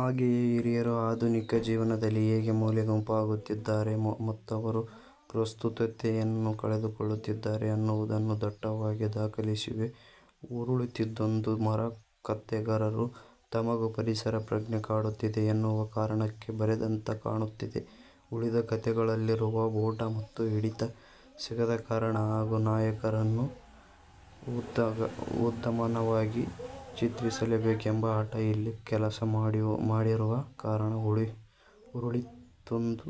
ಹಾಗೆಯೇ ಹಿರಿಯರು ಆಧುನಿಕ ಜೀವನದಲ್ಲಿ ಹೇಗೆ ಮೂಲೆಗುಂಪಾಗುತ್ತಿದ್ದಾರೆ ಮತ್ತವರ ಪ್ರಸ್ತುತತೆಯನ್ನೇ ಕಳಕೊಳ್ಳುತ್ತಿದ್ದಾರೆ ಅನ್ನುವುದನ್ನೂ ದಟ್ಟವಾಗಿ ದಾಖಲಿಸಿವೆ. 'ಉರುಳಿತೊಂದು ಮರ' ಕತೆಗಾರರು ತಮಗೂ ಪರಿಸರ ಪ್ರಜ್ಞೆ ಕಾಡುತ್ತಿದೆ ಎನ್ನುವ ಕಾರಣಕ್ಕೆ ಬರೆದಂತೆ ಕಾಣುತ್ತದೆ. ಉಳಿದ ಕತೆಗಳಲ್ಲಿರುವ 'ಓಟ' ಮತ್ತು ಹಿಡಿತ ಸಿಗದ ಕಾರಣ ಹಾಗೂ ನಾಯಕನನ್ನು ಉದ್ಧಾಮನನ್ನಾಗಿ ಚಿತ್ರಿಸಲೇಬೇಕೆಂಬ ಹಟ ಇಲ್ಲಿ ಕೆಲಸ ಮಾಡಿರುವ ಕಾರಣ 'ಉರುಳಿತೊಂದು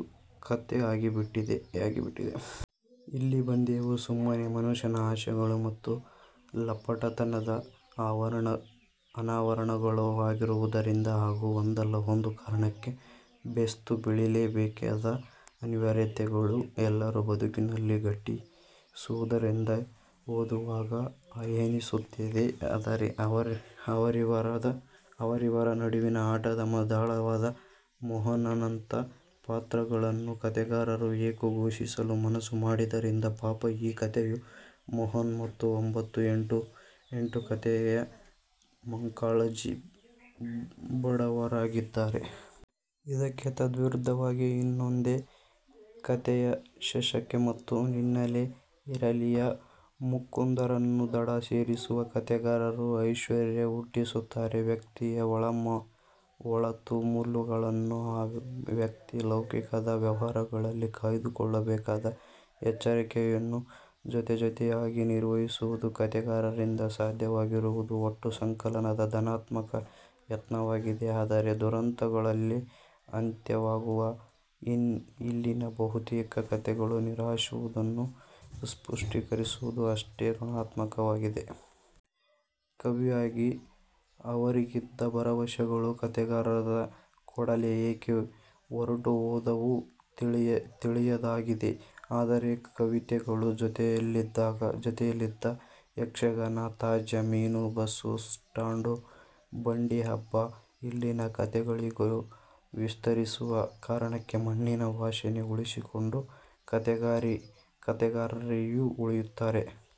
ಕತೆ'ಯಾಗಿಬಿಟ್ಟಿದೆ. 'ಇಲ್ಲಿ ಬಂದೆವು ಸುಮ್ಮನೆ' ಮನುಷ್ಯನ ಆಸೆಗಳ ಮತ್ತು ಲಂಪಟತನದ ಅನಾವರಣವಾಗಿರುವುದರಿಂದ ಹಾಗೂ ಒಂದಲ್ಲ ಒಂದು ಕಾರಣಕ್ಕೆ ಬೇಸ್ತು ಬೀಳಲೇಬೇಕಾದ ಅನಿವಾರ್ಯತೆಗಳು ಎಲ್ಲರ ಬದುಕಿನಲ್ಲೂ ಘಟಿಸುವುದರಿಂದ ಓದುವಾಗ ಹಾಯೆನ್ನಿಸುತ್ತದೆ. ಅವರಿವರ ನಡುವಿನ ಆಟದ ದಾಳವಾದ ಮೋಹನನಂಥ ಪಾತ್ರಗಳನ್ನು ಕತೆಗಾರರು ಏಕೋ ಪೋಷಿಸಲು ಮನಸ್ಸು ಮಾಡದ್ದರಿಂದ ಪಾಪ ಈ ಕತೆಯ ಮೋಹನ ಮತ್ತು 'ಒಂಭತ್ತು, ಎಂಟು, ಎಂಟು' ಕತೆಯ ಮಂಕಾಳಜ್ಜಿ ಬಡವಾಗಿದ್ದಾರೆ. ಇದಕ್ಕೆ ತದ್ವಿರುದ್ಧವಾಗಿ 'ಇನ್ನೊಂದೇ ಕಥೆ'ಯ ಶಶಕ್ಕ ಮತ್ತು 'ನಿನ್ನಲ್ಲೇ ಇರಲಿ'ಯ ಮುಕುಂದರನ್ನು ದಡ ಸೇರಿಸುವ ಕತೆಗಾರರು ಆಶ್ಚರ್ಯ ಹುಟ್ಟಿಸುತ್ತಾರೆ. ವ್ಯಕ್ತಿಯ ಒಳತುಮುಲಗಳನ್ನು ಆ ವ್ಯಕ್ತಿ ಲೌಕಿಕದ ವ್ಯವಹಾರಗಳಲ್ಲಿ ಕಾಯ್ದುಕೊಳ್ಳಬೇಕಾದ ಎಚ್ಚರಿಕೆಯನ್ನೂ ಜೊತೆಜೊತೆಯಾಗಿ ನಿರ್ವಹಿಸುವುದು ಕತೆಗಾರರಿಂದ ಸಾಧ್ಯವಾಗಿರುವುದು ಒಟ್ಟೂ ಸಂಕಲನದ ಧನಾತ್ಮಕ ಯತ್ನವಾಗಿದೆ. ಆದರೆ ದುರಂತಗಳಲ್ಲೇ ಅಂತ್ಯವಾಗುವ ಇಲ್ಲಿನ ಬಹುತೇಕ ಕತೆಗಳು ನಿರಾಶವಾದವನ್ನು ಪುಷ್ಟೀಕರಿಸುವುದು ಅಷ್ಟೇ ಋಣಾತ್ನಕವಾಗಿದೆ. ಕವಿಯಾಗಿ ಅವರಿಗಿದ್ದ ಭರವಸೆಗಳು ಕತೆಗಾರರಾದ ಕೂಡಲೇ ಏಕೆ ಹೊರಟುಹೋದವೋ ತಿಳಿಯದಾಗಿದೆ. ಆದರೆ ಕವಿತೆಗಳ ಜೊತೆಯಲ್ಲಿದ್ದ ಯಕ್ಷಗಾನ, ತಾಜಾ ಮೀನು, ಬಸ್ ಸ್ಟಾಂಡು, ಬಂಡಿಹಬ್ಬ ಇಲ್ಲಿನ ಕತೆಗಳಿಗೂ ವಿಸ್ತರಿಸಿರುವ ಕಾರಣಕ್ಕೆ 'ಮಣ್ಣಿನ ವಾಸನೆ'ಉಳಿಸಿಕೊಂಡ ಕತೆಗಾರರಾಗಿಯೂ ಉಳಿಯುತ್ತಾರೆ.